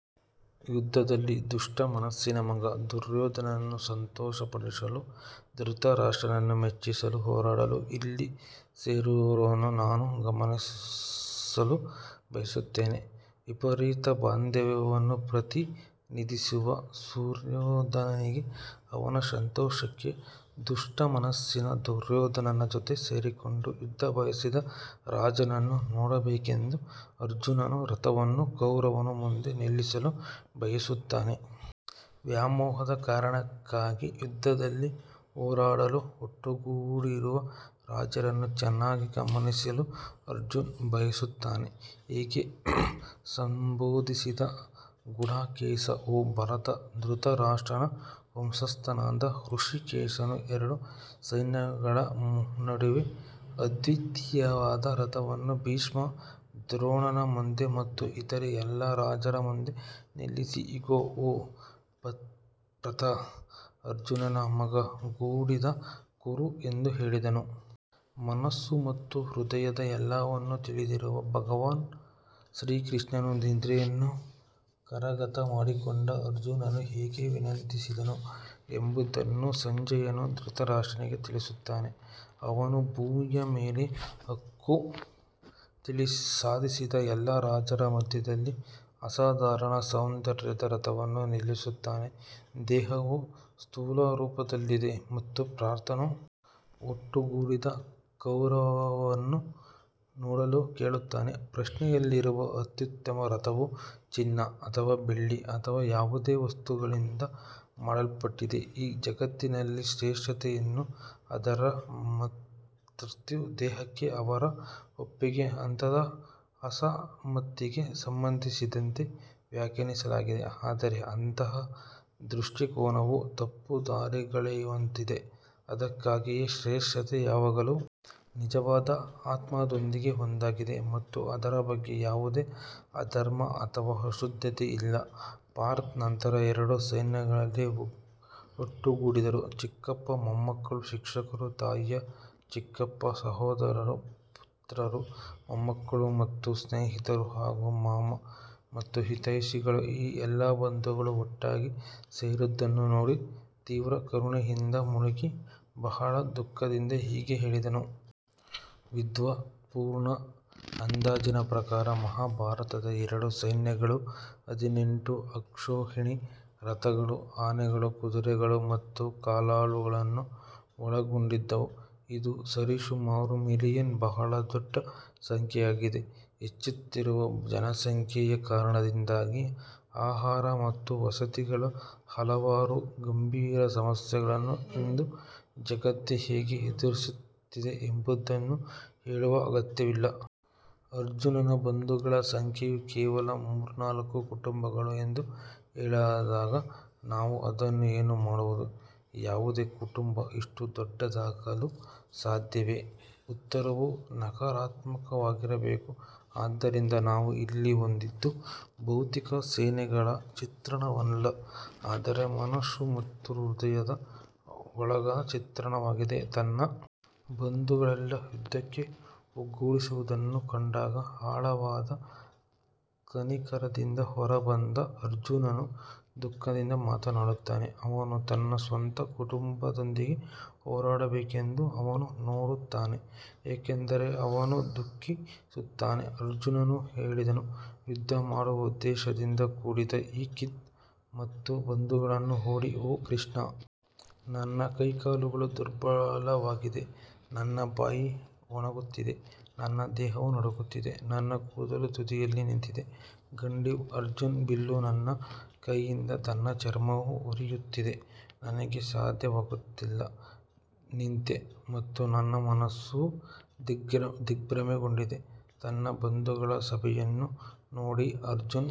ಯುದ್ಧದಲ್ಲಿ ದುಷ್ಟ ಮನಸ್ಸಿನ ಮಗ ದುರ್ಯೋಧನನನ್ನು ಸಂತೋಷಪಡಿಸಲು ಧೃತರಾಷ್ಟ್ರರನ್ನು ಮೆಚ್ಚಿಸಲು ಹೋರಾಡಲು ಇಲ್ಲಿ ಸೇರಿರುವವರನ್ನು ನಾನು ಗಮನಿಸಲು ಬಯಸುತ್ತೇನೆ. ವಿಪರೀತ ಬಾಂಧವ್ಯವನ್ನು ಪ್ರತಿನಿಧಿಸುವ ದುರ್ಯೋಧನನಿಗೆ ಅವನ ಸಂತೋಷಕ್ಕಾಗಿ ದುಷ್ಟ ಮನಸ್ಸಿನ ದುರ್ಯೋಧನನ ಜೊತೆ ಸೇರಿಕೊಂಡು ಯುದ್ಧ ಬಯಸಿದ ರಾಜರನ್ನು ನೋಡಬೇಕೆಂದು ಅರ್ಜುನನು ರಥವನ್ನು ಕೌರವನ ಮುಂದೆ ನಿಲ್ಲಿಸಲು ಬಯಸುತ್ತಾನೆ. ವ್ಯಾಮೋಹದ ಕಾರಣಕ್ಕಾಗಿ ಯುದ್ಧದಲ್ಲಿ ಹೋರಾಡಲು ಒಟ್ಟುಗೂಡಿರುವ ರಾಜರನ್ನು ಚೆನ್ನಾಗಿ ಗಮನಿಸಲು ಅರ್ಜುನ್ ಬಯಸುತ್ತಾನೆ ಹೀಗೆ ಸಂಬೋಧಿಸಿದ ಗುಡಾಕೇಶ ಓ ಭರತ ಧೃತರಾಷ್ಟ್ರನ ವಂಶಸ್ಥನಾದ ಹೃಷಿಕೇಶನು ಎರಡು ಸೈನ್ಯಗಳ ನಡುವೆ ಅದ್ವಿತೀಯವಾದ ರಥವನ್ನು ಭೀಷ್ಮ ದ್ರೋಣನ ಮುಂದೆ ಮತ್ತು ಇತರ ಎಲ್ಲಾ ರಾಜರ ಮುಂದೆ ನಿಲ್ಲಿಸಿ ಇಗೋ ಓ ಪೃಥ ಅರ್ಜುನನ ಮಗ ಕೂಡಿದ ಕುರು ಎಂದು ಹೇಳಿದನು. ಮನಸ್ಸು ಮತ್ತು ಹೃದಯದ ಎಲ್ಲವನ್ನೂ ತಿಳಿದಿರುವ ಭಗವಾನ್ ಶ್ರೀಕೃಷ್ಣನು ನಿದ್ರೆಯನ್ನು ಕರಗತ ಮಾಡಿಕೊಂಡ ಅರ್ಜುನನು ಹೇಗೆ ವಿನಂತಿಸಿದನು ಎಂಬುದನ್ನು ಸಂಜಯನು ಧೃತರಾಷ್ಟ್ರನಿಗೆ ತಿಳಿಸುತ್ತಾನೆ, ಅವನು ಭೂಮಿಯ ಮೇಲೆ ಹಕ್ಕು ಸಾಧಿಸಿದ ಎಲ್ಲಾ ರಾಜರ ಮಧ್ಯದಲ್ಲಿ ಅಸಾಧಾರಣ ಸೌಂದರ್ಯದ ರಥವನ್ನು ನಿಲ್ಲಿಸುತ್ತಾನೆ. ದೇಹವು ಸ್ಥೂಲರೂಪದಲ್ಲಿದೆ ಮತ್ತು ಪಾರ್ಥನು ಒಟ್ಟುಗೂಡಿದ ಕೌರವನನ್ನು ನೋಡಲು ಕೇಳುತ್ತಾನೆ ಪ್ರಶ್ನೆಯಲ್ಲಿರುವ ಅತ್ಯುತ್ತಮ ರಥವು ಚಿನ್ನ ಅಥವಾ ಬೆಳ್ಳಿ ಅಥವಾ ಯಾವುದೇ ವಸ್ತುಗಳಿಂದ ಮಾಡಲ್ಪಟ್ಟಿದೆ ಈ ಜಗತ್ತಿನಲ್ಲಿ ಶ್ರೇಷ್ಠತೆಯನ್ನು ಅದರ ಮರ್ತ್ಯ ದೇಹಕ್ಕೆ ಅದರ ಒಪ್ಪಿಗೆ ಅಥವಾ ಅಸಮ್ಮತಿಗೆ ಸಂಬಂಧಿಸಿದಂತೆ ವ್ಯಾಖ್ಯಾನಿಸಲಾಗಿದೆ ಆದರೆ ಅಂತಹ ದೃಷ್ಟಿಕೋನವು ತಪ್ಪುದಾರಿಗೆಳೆಯುವಂತಿದೆ, ಅದಕ್ಕಾಗಿಯೇ ಶ್ರೇಷ್ಠತೆ ಯಾವಾಗಲೂ ನಿಜವಾದ ಆತ್ಮದೊಂದಿಗೆ ಒಂದಾಗಿದೆ ಮತ್ತು ಅದರ ಬಗ್ಗೆ ಯಾವುದೇ ಅಧರ್ಮ ಅಥವಾ ಅಶುದ್ಧತೆ ಇಲ್ಲ ಪಾರ್ಥ್ ನಂತರ ಎರಡು ಸೈನ್ಯಗಳಲ್ಲಿ ಒಟ್ಟುಗೂಡಿದರು ಚಿಕ್ಕಪ್ಪ ಮೊಮ್ಮಕ್ಕಳು ಶಿಕ್ಷಕರು ತಾಯಿಯ ಚಿಕ್ಕಪ್ಪ ಸಹೋದರರು ಪುತ್ರರು ಮೊಮ್ಮಕ್ಕಳು ಮತ್ತು ಸ್ನೇಹಿತರು ಹಾಗೂ ಮಾವ ಮತ್ತು ಹಿತೈಷಿಗಳು ಈ ಎಲ್ಲ ಬಂಧುಗಳು ಒಟ್ಟಾಗಿ ಸೇರಿದ್ದನ್ನು ನೋಡಿ ತೀವ್ರ ಕರುಣೆಯಿಂದ ಮುಳುಗಿ ಬಹಳ ದುಃಖದಿಂದ ಹೀಗೆ ಹೇಳಿದನು. ವಿದ್ವತ್ಪೂರ್ಣ ಅಂದಾಜಿನ ಪ್ರಕಾರ ಮಹಾಭಾರತದ ಎರಡು ಸೈನ್ಯಗಳು ಹದಿನೆಂಟು ಅಕ್ಷೌಹಿಣಿ ರಥಗಳು ಆನೆಗಳು ಕುದುರೆಗಳು ಮತ್ತು ಕಾಲಾಳುಗಳನ್ನು ಒಳಗೊಂಡಿದ್ದವು, ಇದು ಸರಿಸುಮಾರು ಮಿಲಿಯನ್ ಬಹಳ ದೊಡ್ಡ ಸಂಖ್ಯೆಯಾಗಿದೆ. ಹೆಚ್ಚುತ್ತಿರುವ ಜನಸಂಖ್ಯೆಯ ಕಾರಣದಿಂದಾಗಿ ಆಹಾರ ಮತ್ತು ವಸತಿಗಳ ಹಲವಾರು ಗಂಭೀರ ಸಮಸ್ಯೆಗಳನ್ನು ಇಂದು ಜಗತ್ತು ಹೇಗೆ ಎದುರಿಸುತ್ತಿದೆ ಎಂಬುದನ್ನು ಹೇಳುವ ಅಗತ್ಯವಿಲ್ಲ. ಅರ್ಜುನನ ಬಂಧುಗಳ ಸಂಖ್ಯೆಯು ಕೇವಲ ಮೂರ್ನಾಲ್ಕು ಕುಟುಂಬಗಳು ಎಂದು ಹೇಳಿದಾಗ ನಾವು ಅದನ್ನು ಏನು ಮಾಡುವುದು? ಯಾವುದೇ ಕುಟುಂಬ ಇಷ್ಟು ದೊಡ್ಡದಾಗಲು ಸಾಧ್ಯವೇ ಉತ್ತರವು ನಕಾರಾತ್ಮಕವಾಗಿರಬೇಕು ಆದ್ದರಿಂದ ನಾವು ಇಲ್ಲಿ ಹೊಂದಿದ್ದು ಭೌತಿಕ ಸೇನೆಗಳ ಚಿತ್ರಣವಲ್ಲ ಆದರೆ ಮನಸ್ಸು ಮತ್ತು ಹೃದಯದ ಗೋಳದ ಚಿತ್ರಣವಾಗಿದೆ ತನ್ನ ಬಂಧುಗಳೆಲ್ಲ ಯುದ್ಧಕ್ಕೆ ಒಗ್ಗೂಡಿಸಿರುವುದನ್ನು ಕಂಡಾಗ ಆಳವಾದ ಕನಿಕರದಿಂದ ಹೊರಬಂದ ಅರ್ಜುನನು ದುಃಖದಿಂದ ಮಾತನಾಡುತ್ತಾನೆ ಅವನು ತನ್ನ ಸ್ವಂತ ಕುಟುಂಬದೊಂದಿಗೆ ಹೋರಾಡಬೇಕೆಂದು ಅವನು ನೋಡುತ್ತಾನೆ ಏಕೆಂದರೆ ಅವನು ದುಃಖಿಸುತ್ತಾನೆ ಅರ್ಜುನನು ಹೇಳಿದನು ಯುದ್ಧ ಮಾಡುವ ಉದ್ದೇಶದಿಂದ ಕೂಡಿದ ಈ ಕಿತ್ ಮತ್ತು ಬಂಧುಗಳನ್ನು ನೋಡಿ ಓ ಕೃಷ್ಣ ನನ್ನ ಕೈಕಾಲುಗಳು ದುರ್ಬಲವಾಗಿವೆ ನನ್ನ ಬಾಯಿ ಒಣಗುತ್ತಿದೆ ನನ್ನ ದೇಹವು ನಡುಗುತ್ತಿದೆ ನನ್ನ ಕೂದಲು ತುದಿಯಲ್ಲಿ ನಿಂತಿದೆ ಗಂಡೀವ್ ಅರ್ಜುನ್ ಬಿಲ್ಲು ನನ್ನ ಕೈಯಿಂದ ನನ್ನ ಚರ್ಮವು ಉರಿಯುತ್ತಿದೆ ನನಗೆ ಸಾಧ್ಯವಾಗುತ್ತಿಲ್ಲ ನಿಂತೆ ಮತ್ತು ನನ್ನ ಮನಸ್ಸು ದಿಗ್ಭ್ರಮೆಗೊಂಡಿದೆ ತನ್ನ ಬಂಧುಗಳ ಸಭೆಯನ್ನು ನೋಡಿ ಅರ್ಜುನ್